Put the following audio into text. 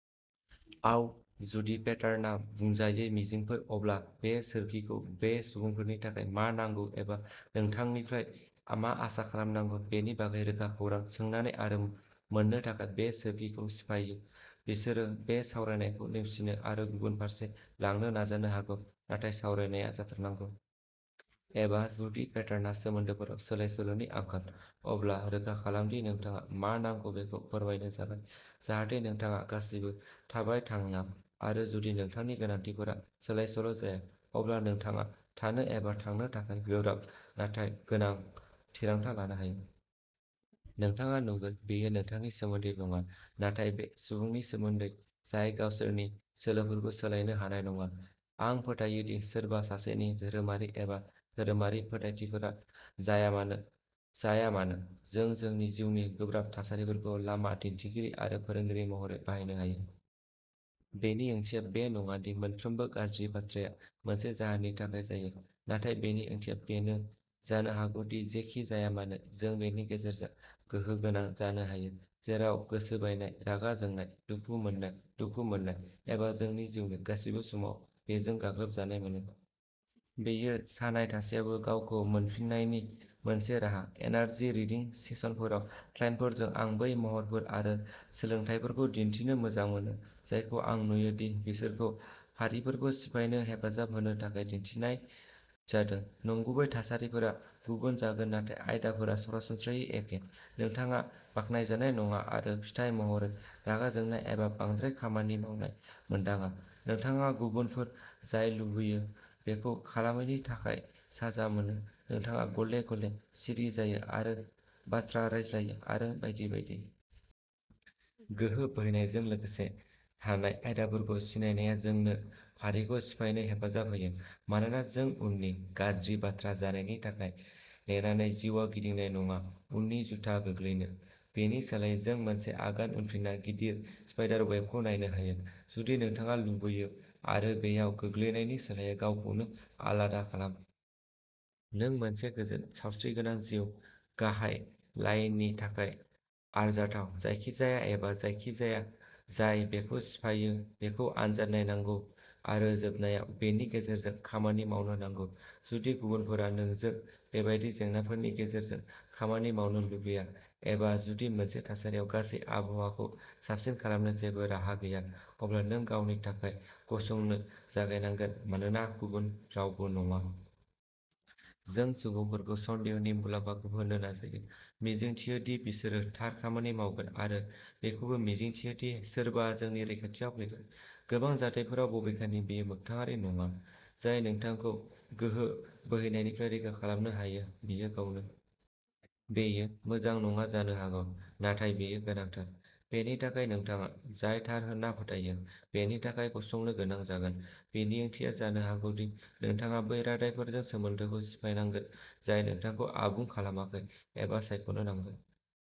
Out. जुदि पेटार्नआ बुंजायै मिजिंफोर, अब्ला बे सोरखिखौ बे सुबुंफोरनि थाखाय मा नांगौ एबा नोंथांनिफ्राय मा आसा खालामनांगौ बेनि बागै रोखा खौरां सोंनानै आरो मोन्नो थाखाय बे सोरखिखौ सिफायो। बिसोरो बे सावरायनायखौ नेवसिनो आरो गुबुन फारसे लांनो नाजानो हागौ, नाथाय सावरायनाया जाथारनांगौ। एबा, जुदि पेटार्नआ सोमोन्दोफोराव सोलायसोल'नि आंखाल, अब्ला रोखा खालाम दि नोंथाङा मा नांगौ बेखौ फोरमायनो जागाय, जाहाथे नोंथाङा गासिबो थाबाय-थांया आरो जुदि नोंथांनि गोनांथिफोरा सोलायसोल'जाया, अब्ला नोंथाङा थानो एबा थांनो थाखाय गोब्राब नाथाय गोनां थिरांथा लानो हायो। नोंथाङा नुगोन बेयो नोंथांनि सोमोन्दै नङा, नाथाय बे सुबुंनि सोमोन्दै जाय गावसोरनि सोलोफोरखौ सोलायनो हानाय नङा। आं फोथायो दि सोरबा सासेनि धोरोमारि एबा धोरोमारि फोथायथिफोर जायामानो जाया मानो, जों जोंनि जिउनि गोब्राब थासारिफोरखौ लामा दिन्थिगिरि आरो फोरोंगिरि महरै बाहायनो हायो। बेनि ओंथिया बे नङा दि मोनफ्रोमबो गाज्रि बाथ्राया मोनसे जाहोननि थाखाय जायो, नाथाय बेनि ओंथिया बेनो जानो हागौ दि जेखि जाया मानो, जों बेनि गेजेरजों गोहो गोनां जानो हायो जेराव गोसो बायनाय, रागा जोंनाय, दुखु मोननाय, दुखु मोननाय, एबा जोंनि जिउनि गासिबो समाव बेजों गाग्लोब जानाय मोनो। बेयो सानाय थासेयावबो गावखौ मोनफिननायनि मोनसे राहा। एनार्जि रिडिं सेसनफोराव क्लाइन्टफोरजों, आं बै महरफोर आरो सोलोंथायफोरखौ दिन्थिनो मोजां मोनो जायखौ आं नुयो दि बिसोरखौ फारिफोरखौ सिफायनो हेफाजाब होनो थाखाय दिन्थिनाय जादों। नंगुबै थासारिफोरा गुबुन जागोन नाथाय आयदाफोरा सरासनस्रायै एखेः नोंथाङा बाख्नायजानाय नङा आरो फिथाय महरै रागा जोंनाय एबा बांद्राय खामानि मावनाय मोनदाङा; नोंथाङा गुबुनफोरा जाय लुबैयो बेखौ खालामैनि थाखाय साजा मोनो; नोंथाङा गले-गले सिरि जायो आरो बाथ्रा रायज्लायो, आरो बायदि बायदि। गोहो बोहैनायजों लोगोसे थानाय आयदाफोरखौ सिनायनाया जोंनो फारिखौ सिफायनो हेफाजाब होयो मानोना जों उननि "गाज्रि" बाथ्रा जानायनि थाखाय नेनानै जिउआव गिदिंनाय नङा-उननि जुथा गोग्लैनो। बेनि सोलायै, जों मोनसे आगान उनफिनना गिदिर स्पाइडार वेबखौ नायनो हायो, जुदि नोंथाङा लुबैयो, आरो बेयाव गोग्लैनायनि सोलायै गावखौनो आलादा खालाम। नों मोनसे गोजोन, सावस्रिगोनां जिउ, गाहाय लाइननि थाखाय आरजाथाव। जायखिजाया एबा जायखिजाया जाय बेखौ सिफायो, बेखौ आनजाद नायनांगौ आरो जोबनायाव बेनि गेजेरजों खामानि मावनो नांगौ। जुदि गुबुनफोरा नोंजों बेबादि जेंनाफोरनि गेजेरजों खामानि मावनो लुबैया, एबा जुदि मोनसे थासारियाव गासै आबहावाखौ साबसिन खालामनो जेबो राहा गैया, अब्ला नों गावनि थाखाय गसंनो जागायनांगोन-मानोना गुबुन रावबो नङा। जों सुबुंफोरखौ सन्देहनि मुलाम्फाखौ होनो नाजायो, मिजिंथियो दि बिसोरो थार खामानि मावगोन, आरो बेखौबो मिजिंथियो दि सोरबा जोंनि रैखाथियाव फैगोन। गोबां जाथायफोराव, बबेखानि, बेयो मोगथाङारि नङा। जाय नोंथांखौ गोहो बोहैनायनिफ्राय रैखा खालामनो हायो, बियो गावनो। बेयो मोजां नङा जानो हागौ, नाथाय बेयो गोनांथार। बेनि थाखाय नोंथाङा जाय थार होनना फोथायो, बेनि थाखाय गसंनो गोनां जागोन। बेनि ओंथिया जानो हागौ दि नोंथाङा बै रादायफोरजों सोमोन्दोखौ सिफायनांगोन जाय नोंथांखौ आबुं खालामाखै, एबा सायख'नो नांगोन।